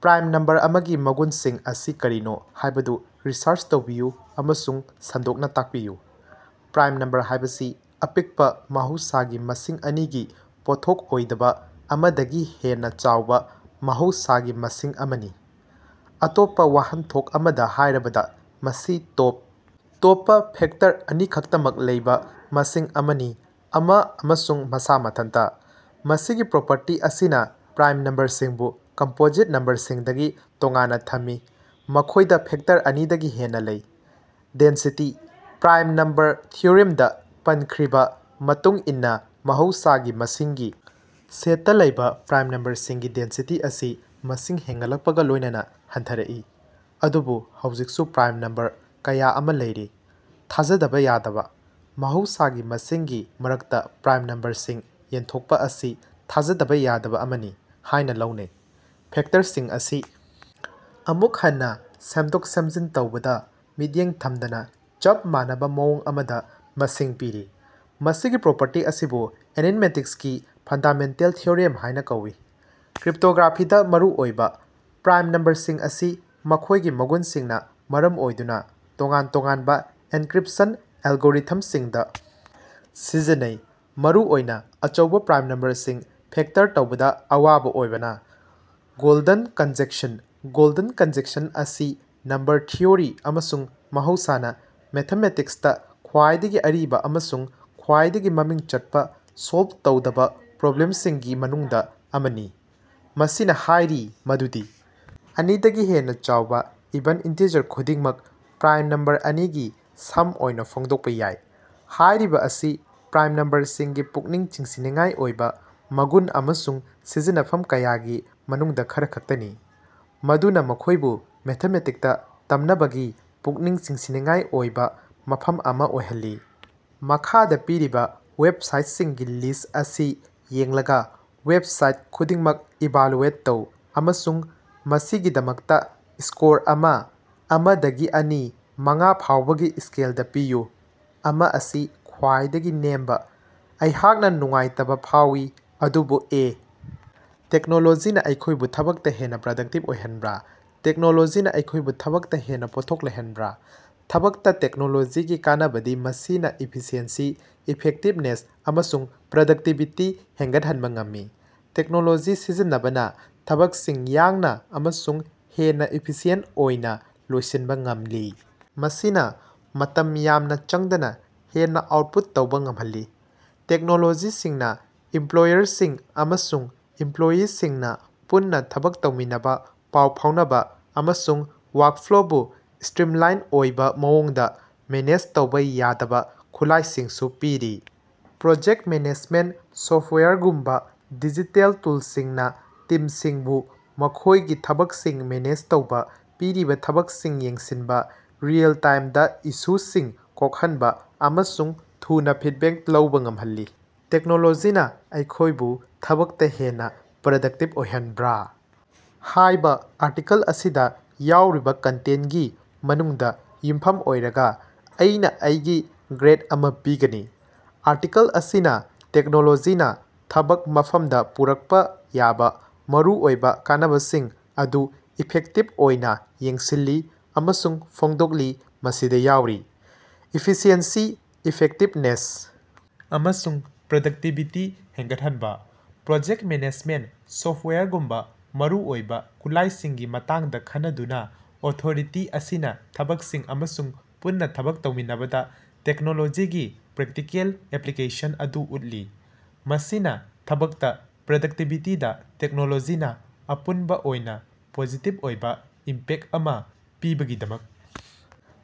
Prime number ꯑꯃꯒꯤ ꯃꯒꯨꯟꯁꯤꯡ ꯑꯁꯤ ꯀꯔꯤꯅꯣ ꯍꯥꯏꯕꯗꯨ ꯔꯤꯁꯔꯆ ꯇꯧꯕꯤꯌꯨ ꯑꯃꯁꯨꯡ ꯁꯟꯗꯣꯛꯅꯥ ꯇꯥꯛꯄꯤꯌꯨ꯫ ꯄ꯭ꯔꯥꯏꯝ ꯅꯝꯕꯔ ꯍꯥꯏꯕꯁꯤ ꯑꯄꯤꯛꯄꯥ ꯃꯍꯧꯁꯥꯒꯤ ꯃꯁꯤꯡ ꯑꯅꯤꯒꯤ ꯄꯣꯠꯊꯣꯛ ꯑꯣꯏꯗꯕꯥ ꯑꯃꯗꯒꯤ ꯍꯦꯟꯅꯥ ꯆꯥꯎꯕꯥ ꯃꯍꯧꯁꯥꯒꯤ ꯃꯁꯤꯡ ꯑꯃꯅꯤ꯫ ꯑꯇꯣꯞꯄꯥ ꯋꯥꯍꯟꯊꯣꯛ ꯑꯃꯗꯥ ꯍꯥꯏꯔꯕꯗꯥ, ꯃꯁꯤ ꯇꯣꯞ ꯇꯣꯞꯄꯥ ꯐꯦꯛꯇꯔ ꯑꯅꯤꯈꯛꯇꯃꯛ ꯂꯩꯕꯥ ꯃꯁꯤꯡ ꯑꯃꯅꯤ ꯑꯃ ꯑꯃꯁꯨꯡ ꯃꯁꯥ ꯃꯊꯟꯇꯥ꯫ ꯃꯁꯤꯒꯤ ꯄ꯭ꯔꯣꯄꯔꯇꯤ ꯑꯁꯤꯅꯥ ꯄ꯭ꯔꯥꯏꯝ ꯅꯝꯕꯔꯁꯤꯡꯕꯨ ꯀꯝꯄꯣꯖꯤꯠ ꯅꯝꯕꯔꯁꯤꯡꯗꯒꯤ ꯇꯣꯉꯥꯟꯅꯥ ꯊꯝꯃꯤ, ꯃꯈꯣꯏꯗꯥ ꯐꯦꯛꯇꯔ ꯑꯅꯤꯗꯒꯤ ꯍꯦꯟꯅꯥ ꯂꯩ꯫ ꯗꯦꯟꯁꯤꯇꯤ: ꯄ꯭ꯔꯥꯏꯝ ꯅꯝꯕꯔ ꯊꯤꯑꯣꯔꯝꯗꯥ ꯄꯟꯈ꯭ꯔꯤꯕꯥ ꯃꯇꯨꯡ ꯏꯟꯅꯥ ꯃꯍꯧꯁꯥꯒꯤ ꯃꯁꯤꯡꯒꯤ ꯁꯦꯠꯇꯥ ꯂꯩꯕꯥ ꯄ꯭ꯔꯥꯏꯝ ꯅꯝꯕꯔꯁꯤꯡꯒꯤ ꯗꯦꯟꯁꯤꯇꯤ ꯑꯁꯤ ꯃꯁꯤꯡ ꯍꯦꯒꯠꯂꯛꯄꯒꯥ ꯂꯣꯏꯅꯅꯥ ꯍꯟꯊꯔꯛꯏ꯫ ꯑꯗꯨꯕꯨ ꯍꯧꯖꯤꯛꯁꯨ ꯄ꯭ꯔꯥꯏꯝ ꯅꯝꯕꯔ ꯀꯌꯥ ꯑꯃꯥ ꯂꯩꯔꯤ꯫ ꯊꯥꯖꯗꯕꯥ ꯌꯥꯗꯕꯥ: ꯃꯍꯧꯁꯥꯒꯤ ꯃꯁꯤꯡꯒꯤ ꯃꯔꯛꯇꯥ ꯄ꯭ꯔꯥꯏꯝ ꯅꯝꯕꯔꯁꯤꯡ ꯌꯦꯟꯊꯣꯛꯄꯥ ꯑꯁꯤ ꯊꯥꯖꯗꯕꯥ ꯌꯥꯗꯕꯥ ꯑꯃꯅꯤ ꯍꯥꯏꯅꯥ ꯂꯧꯅꯩ꯫ ꯐꯦꯛꯇꯔꯁꯤꯡ ꯑꯁꯤ ꯑꯃꯨꯛ ꯍꯟꯅꯥ ꯁꯦꯝꯗꯣꯛ-ꯁꯦꯝꯖꯤꯟ ꯇꯧꯕꯗꯥ ꯃꯤꯠꯌꯦꯡ ꯊꯝꯗꯅꯥ ꯆꯞ ꯃꯥꯟꯅꯕꯥ ꯃꯑꯣꯡ ꯑꯃꯗꯥ ꯃꯁꯤꯡ ꯄꯤꯔꯤ꯫ ꯃꯁꯤꯒꯤ ꯄ꯭ꯔꯣꯄꯔꯇꯤ ꯑꯁꯤꯕꯨ ꯑꯦꯔꯤꯟꯃꯦꯇꯤꯛꯁꯀꯤ ꯐꯟꯗꯥꯃꯦꯟꯇꯦꯜ ꯊꯤꯑꯣꯔꯤꯝ ꯍꯥꯏꯅꯥ ꯀꯧꯏ꯫ ꯀ꯭ꯔꯤꯞꯇꯣꯒ꯭ꯔꯥꯐꯤꯗꯥ ꯃꯔꯨꯑꯣꯏꯕꯥ: ꯄ꯭ꯔꯥꯏꯝ ꯅꯝꯕꯔꯁꯤꯡ ꯑꯁꯤ ꯃꯈꯣꯏꯒꯤ ꯃꯒꯨꯟꯁꯤꯡꯅꯥ ꯃꯔꯝ ꯑꯣꯏꯗꯨꯅꯥ ꯇꯣꯉꯥꯟ ꯇꯣꯉꯥꯟꯕ ꯑꯦꯟꯀꯔꯤꯞꯁꯟ ꯑꯦꯂꯒꯣꯔꯤꯊꯝꯁꯤꯡꯗꯥ ꯁꯤꯖꯤꯟꯅꯩ, ꯃꯔꯨꯑꯣꯏꯅꯥ ꯑꯆꯧꯕꯥ ꯄ꯭ꯔꯥꯏꯝ ꯅꯝꯕꯔꯁꯤꯡ ꯐꯦꯛꯇꯔ ꯇꯧꯕꯗꯥ ꯑꯋꯥꯕꯥ ꯑꯣꯏꯕꯅꯥ꯫ ꯒꯣꯜꯗꯟ ꯀꯟꯖꯦꯛꯁꯟ: ꯒꯣꯜꯗꯟ ꯀꯟꯖꯦꯛꯁꯟ ꯑꯁꯤ ꯅꯝꯕꯔ ꯊꯤꯑꯣꯔꯤ ꯑꯃꯁꯨꯡ ꯃꯍꯧꯁꯥꯅ ꯃꯦꯊꯃꯦꯇꯤꯛꯁꯇꯥ ꯈ꯭ꯋꯥꯏꯗꯒꯤ ꯑꯔꯤꯕꯥ ꯑꯃꯁꯨꯡ ꯈ꯭ꯋꯥꯏꯗꯒꯤ ꯃꯃꯤꯡ ꯆꯠꯄꯥ ꯁꯣꯜꯞ ꯇꯧꯗꯕꯥ ꯄ꯭ꯔꯣꯕ꯭ꯂꯦꯝꯁꯤꯡꯒꯤ ꯃꯅꯨꯡꯗꯥ ꯑꯃꯅꯤ꯫ ꯃꯁꯤꯅꯥ ꯍꯥꯏꯔꯤ ꯃꯗꯨꯗꯤ ꯑꯅꯤ ꯗꯒꯤ ꯍꯦꯟꯅꯥ ꯆꯥꯎꯕ ꯏꯚꯦꯟꯇ ꯏꯟꯇꯤꯖꯔ ꯈꯨꯗꯤꯡꯃꯛ ꯄ꯭ꯔꯥꯏꯝ ꯅꯝꯕꯔ ꯑꯅꯤꯒꯤ ꯁꯝ ꯑꯣꯏꯅꯥ ꯐꯣꯡꯗꯣꯛꯄꯥ ꯌꯥꯏ꯫ꯍꯥꯏꯔꯤꯕꯥ ꯑꯁꯤ ꯄ꯭ꯔꯥꯏꯝ ꯅꯝꯕꯔꯁꯤꯡꯒꯤ ꯄꯨꯛꯅꯤꯡ ꯆꯤꯡꯁꯤꯟꯅꯤꯡꯉꯥꯏ ꯑꯣꯏꯕꯥ ꯃꯒꯨꯟ ꯑꯃꯁꯨꯡ ꯁꯤꯖꯤꯟꯅꯐꯝ ꯀꯌꯥꯒꯤ ꯃꯅꯨꯡꯗꯥ ꯈꯔꯈꯛꯇꯅꯤ, ꯃꯗꯨꯅꯥ ꯃꯈꯣꯏꯕꯨ ꯃꯦꯊꯃꯦꯇꯤꯛꯁꯇꯥ ꯇꯝꯅꯕꯒꯤ ꯄꯨꯛꯅꯤꯡ ꯆꯤꯡꯁꯤꯟꯅꯤꯡꯉꯥꯏ ꯑꯣꯏꯕꯥ ꯃꯐꯝ ꯑꯃꯥ ꯑꯣꯏꯍꯜꯂꯤ꯫ ꯃꯈꯥꯗꯥ ꯄꯤꯔꯤꯕꯥ ꯋꯦꯕꯁꯥꯏꯠꯁꯤꯡꯒꯤ ꯂꯤꯁ ꯑꯁꯤ ꯌꯦꯡꯂꯒꯥ, ꯋꯦꯕꯁꯥꯏꯠ ꯈꯨꯗꯤꯡꯃꯛ ꯏꯚꯥꯜꯌꯨꯑꯦꯠ ꯇꯧ ꯑꯃꯁꯨꯡ ꯃꯁꯤꯒꯤꯗꯃꯛꯇꯥ ꯁ꯭ꯀꯣꯔ ꯑꯃ ꯑꯃ ꯗꯒꯤ ꯑꯅꯤ ꯃꯉꯥ ꯐꯥꯎꯕꯒꯤ ꯁ꯭ꯀꯦꯂꯗꯥ ꯄꯤꯌꯨ (ꯑꯃ ꯑꯁꯤ ꯈ꯭ꯋꯥꯏꯗꯒꯤ ꯅꯦꯝꯕꯥ)꯫ ꯑꯩꯍꯥꯛꯅꯥ ꯅꯨꯡꯉꯥꯏꯇꯕꯥ ꯐꯥꯎꯏ, ꯑꯗꯨꯕꯨ ꯑꯦ. "ꯇꯦꯛꯅꯣꯂꯣꯖꯤꯅꯥ ꯑꯩꯈꯣꯏꯕꯨ ꯊꯕꯛꯇꯥ ꯍꯦꯟꯅꯥ ꯄ꯭ꯔꯗꯛꯇꯤꯕ ꯑꯣꯏꯍꯟꯕꯔꯥ? " ꯇꯦꯛꯅꯣꯂꯣꯖꯤꯅ ꯑꯩꯈꯣꯏꯕꯨ ꯊꯕꯛꯇꯥ ꯍꯦꯟꯅꯥ ꯄꯣꯠꯊꯣꯛ ꯂꯩꯍꯟꯕꯔꯥ? ꯊꯕꯛꯇꯥ ꯇꯦꯛꯅꯣꯂꯣꯖꯤꯒꯤ ꯀꯥꯟꯅꯕꯗꯤ ꯃꯁꯤꯅꯥ ꯏꯐꯤꯁꯤꯑꯦꯟꯁꯤ, ꯏꯐꯦꯛꯇꯤꯕꯅꯦꯁ ꯑꯃꯁꯨꯡ ꯄ꯭ꯔꯗꯛꯇꯤꯕꯤꯇꯤ ꯍꯦꯒꯠꯍꯟꯕ ꯉꯝꯃꯤ꯫ ꯇꯦꯛꯅꯣꯂꯣꯖꯤ ꯁꯤꯖꯤꯟꯅꯕꯅꯥ ꯊꯕꯛꯁꯤꯡ ꯌꯡꯅ ꯑꯃꯁꯨꯡ ꯍꯦꯟꯅꯥ ꯏꯐꯤꯁꯤꯌꯦꯟꯇ ꯑꯣꯏꯅ ꯂꯣꯏꯁꯤꯅꯕ ꯉꯝꯂꯤ, ꯃꯁꯤꯅ ꯃꯇꯝ ꯌꯥꯝꯅ ꯆꯪꯗꯅꯥ ꯍꯦꯟꯅꯥ ꯑꯥꯎꯠꯄꯨꯠ ꯇꯧꯕꯥ ꯉꯝꯍꯜꯂꯤ꯫ ꯇꯦꯛꯅꯣꯂꯣꯖꯤꯁꯤꯡꯅꯥ ꯏꯝꯄꯂꯣꯏꯌꯔꯁꯤꯡ ꯑꯃꯁꯨꯡ ꯏꯝꯄꯂꯣꯏꯌꯤꯁꯤꯡꯅꯥ ꯄꯨꯟꯅꯥ ꯊꯕꯛ ꯇꯧꯃꯤꯟꯅꯕꯥ, ꯄꯥꯎ ꯐꯥꯎꯅꯕꯥ ꯑꯃꯁꯨꯡ ꯋꯥꯔꯛꯐ꯭ꯂꯣꯕꯨ ꯁ꯭ꯇꯔꯤꯝꯂꯥꯏꯟ ꯑꯣꯏꯕꯥ ꯃꯑꯣꯡꯗ ꯃꯦꯅꯦꯖ ꯇꯧꯕ ꯌꯥꯗꯕ ꯈꯨꯠꯂꯥꯏꯁꯤꯡꯁꯨ ꯄꯤꯔꯤ꯫ ꯄ꯭ꯔꯣꯖꯦꯛꯇ ꯃꯦꯅꯦꯖꯃꯦꯟꯇ ꯁꯣꯐꯋꯦꯌꯔꯒꯨꯝꯕꯥ ꯗꯤꯖꯤꯇꯦꯜ ꯇꯨꯜꯁꯤꯡꯅꯥ ꯇꯤꯝꯁꯤꯡꯕꯨ ꯃꯈꯣꯏꯒꯤ ꯊꯕꯛꯁꯤꯡ ꯃꯦꯅꯦꯖ ꯇꯧꯕꯥ, ꯄꯤꯔꯤꯕꯥ ꯊꯕꯛꯁꯤꯡ ꯌꯦꯡꯁꯤꯡꯕꯥ, ꯔꯤꯑꯦꯜ-ꯇꯥꯏꯝꯗꯥ ꯏꯁꯨꯁꯤꯡ ꯀꯣꯛꯈꯟꯕꯥ ꯑꯃꯁꯨꯡ ꯊꯨꯅ ꯐꯤꯠꯕꯦꯛ ꯂꯧꯕꯥ ꯉꯝꯍꯜꯂꯤ꯫ "ꯇꯦꯛꯅꯣꯂꯣꯖꯤꯅꯥ ꯑꯩꯈꯣꯌꯕꯨ ꯊꯕꯛꯇꯥ ꯍꯦꯟꯅꯥ ꯄ꯭ꯔꯗꯛꯇꯤꯕ ꯑꯣꯏꯍꯟꯕꯔꯥ? ", ꯍꯥꯏꯕ ꯑꯥꯔꯇꯤꯀꯜ ꯑꯁꯤꯗ ꯌꯥꯎꯔꯤꯕ ꯀꯟꯇꯦꯟꯇꯒꯤ ꯃꯅꯨꯡꯗꯥ ꯌꯨꯝꯐꯝ ꯑꯣꯏꯔꯒꯥ, ꯑꯩꯅꯥ ꯑꯩꯩꯒꯤ ꯒ꯭ꯔꯦꯗ ꯑꯃꯥ ꯄꯤꯒꯅꯤ, ꯑꯥꯔꯇꯤꯀꯜ ꯑꯁꯤꯅꯥ ꯇꯦꯛꯅꯣꯂꯣꯖꯤꯅꯥ ꯊꯕꯛ ꯃꯐꯝꯗꯥ ꯄꯨꯔꯛꯄꯥ ꯌꯥꯕ ꯃꯔꯨꯑꯣꯏꯕꯥ ꯀꯥꯟꯅꯕꯁꯤꯡ ꯑꯗꯨ ꯏꯐꯦꯛꯇꯤꯕ ꯑꯣꯏꯅ ꯌꯦꯡꯁꯤꯜꯂꯤ ꯑꯃꯁꯨꯡ ꯐꯣꯡꯗꯣꯛꯂꯤ, ꯃꯁꯤꯗꯥ ꯌꯥꯎꯔꯤ꯫ ꯏꯐꯤꯁꯤꯑꯦꯟꯁꯤ, ꯏꯐꯦꯛꯇꯤꯕꯅꯦꯁ ꯑꯃꯁꯨꯡ ꯄ꯭ꯔꯗꯛꯇꯤꯕꯤꯇꯤ ꯍꯦꯒꯠꯍꯟꯕꯥ꯫ ꯄ꯭ꯔꯣꯖꯦꯛꯇ ꯃꯦꯅꯦꯖꯃꯦꯟꯇ ꯁꯣꯐꯋꯦꯌꯔꯒꯨꯝꯕꯥ ꯃꯔꯨꯑꯣꯏꯕꯥ ꯈꯨꯠꯂꯥꯏꯁꯤꯡꯒꯤ ꯃꯇꯥꯡꯗꯥ ꯈꯟꯅꯗꯨꯅꯥ, ꯑꯣꯊꯣꯔꯤꯇꯤ ꯑꯁꯤꯅꯥ ꯊꯕꯛꯁꯤꯡ ꯑꯃꯁꯨꯡ ꯄꯨꯟꯅꯥ ꯊꯕꯛ ꯇꯧꯃꯤꯟꯅꯕꯗꯥ ꯇꯦꯛꯅꯣꯂꯣꯖꯤꯒꯤ ꯄ꯭ꯔꯦꯛꯇꯤꯀꯦꯜ ꯑꯦꯄꯂꯤꯀꯦꯁꯟ ꯑꯗꯨ ꯎꯠꯂꯤ, ꯃꯁꯤꯅꯥ ꯊꯕꯛꯇꯥ ꯄ꯭ꯔꯗꯛꯇꯤꯕꯤꯇꯤꯗꯥ ꯇꯦꯛꯅꯣꯂꯣꯖꯤꯅ ꯑꯄꯨꯟꯕꯥ ꯑꯣꯏꯅꯥ ꯄꯣꯖꯤꯇꯤꯕ ꯑꯣꯏꯕꯥ ꯏꯝꯄꯦꯛꯇ ꯑꯃꯥ ꯄꯤꯕꯒꯤꯗꯃꯛ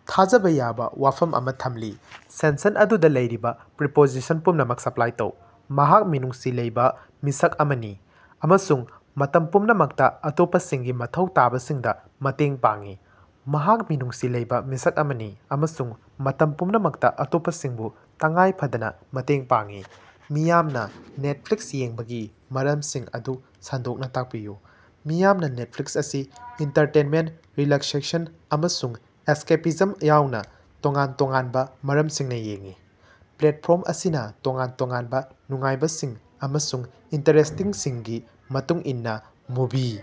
ꯊꯥꯖꯕ ꯌꯥꯕ ꯋꯥꯐꯝ ꯑꯃ ꯊꯝꯂꯤ꯫ ꯁꯦꯟꯁꯟ ꯑꯗꯨꯗꯥ ꯂꯩꯔꯤꯕꯥ ꯄ꯭ꯔꯤꯄꯣꯖꯤꯁꯟ ꯄꯨꯝꯅꯃꯛ ꯁꯄꯂꯥꯏ ꯇꯧ꯫ ꯃꯍꯥꯛ ꯃꯤꯅꯨꯡꯁꯤ ꯂꯩꯕ ꯃꯤꯁꯛ ꯑꯃꯅꯤ ꯑꯃꯁꯨꯡ ꯃꯇꯝ ꯄꯨꯝꯅꯃꯛꯇ ꯑꯇꯣꯞꯄꯁꯤꯡꯒꯤ ꯃꯊꯧ ꯇꯥꯕꯁꯤꯡꯗ ꯃꯇꯦꯡ ꯄꯥꯡꯏ꯫ ꯃꯍꯥꯛ ꯃꯤꯅꯨꯡꯁꯤ ꯂꯩꯕꯥ ꯃꯤꯁꯛ ꯑꯃꯅꯤ ꯑꯃꯁꯨꯡ ꯃꯇꯝ ꯄꯨꯝꯅꯃꯛꯇꯥ ꯑꯇꯣꯞꯄꯁꯤꯡꯕꯨ ꯇꯉꯥꯏꯐꯗꯅꯥ ꯃꯇꯦꯡ ꯄꯥꯡꯏ꯫ ꯃꯤꯌꯥꯝꯅꯥ ꯅꯦꯠꯐ꯭ꯂꯤꯛꯁ ꯌꯦꯡꯕꯒꯤ ꯃꯔꯝꯁꯤꯡ ꯑꯗꯨ ꯁꯟꯗꯣꯛꯅꯥ ꯇꯥꯛꯄꯤꯌꯨ꯫ ꯃꯤꯌꯥꯝꯅꯥ ꯅꯦꯠꯐ꯭ꯂꯤꯛꯁ ꯑꯁꯤ ꯑꯦꯟꯇꯥꯔꯇꯦꯟꯃꯦꯟꯇ, ꯔꯤꯂꯥꯛꯁꯦꯁꯟ, ꯑꯃꯁꯨꯡ ꯑꯦꯁꯀꯦꯄꯤꯖꯝ ꯌꯥꯎꯅ ꯇꯣꯉꯥꯟ ꯇꯣꯉꯥꯟꯕ ꯃꯔꯝꯁꯤꯡꯅ ꯌꯦꯡꯏ꯫ ꯄ꯭ꯂꯦꯠꯐꯣꯔꯝ ꯑꯁꯤꯅ ꯇꯣꯉꯥꯟ ꯇꯣꯉꯥꯟꯕꯥ ꯅꯨꯡꯉꯥꯏꯕꯁꯤꯡ ꯑꯃꯁꯨꯡ ꯏꯟꯇꯔꯦꯁ꯭ꯇꯁꯤꯡꯒꯤ ꯃꯇꯨꯡ ꯏꯟꯅꯥ ꯃꯨꯚꯤ.꯫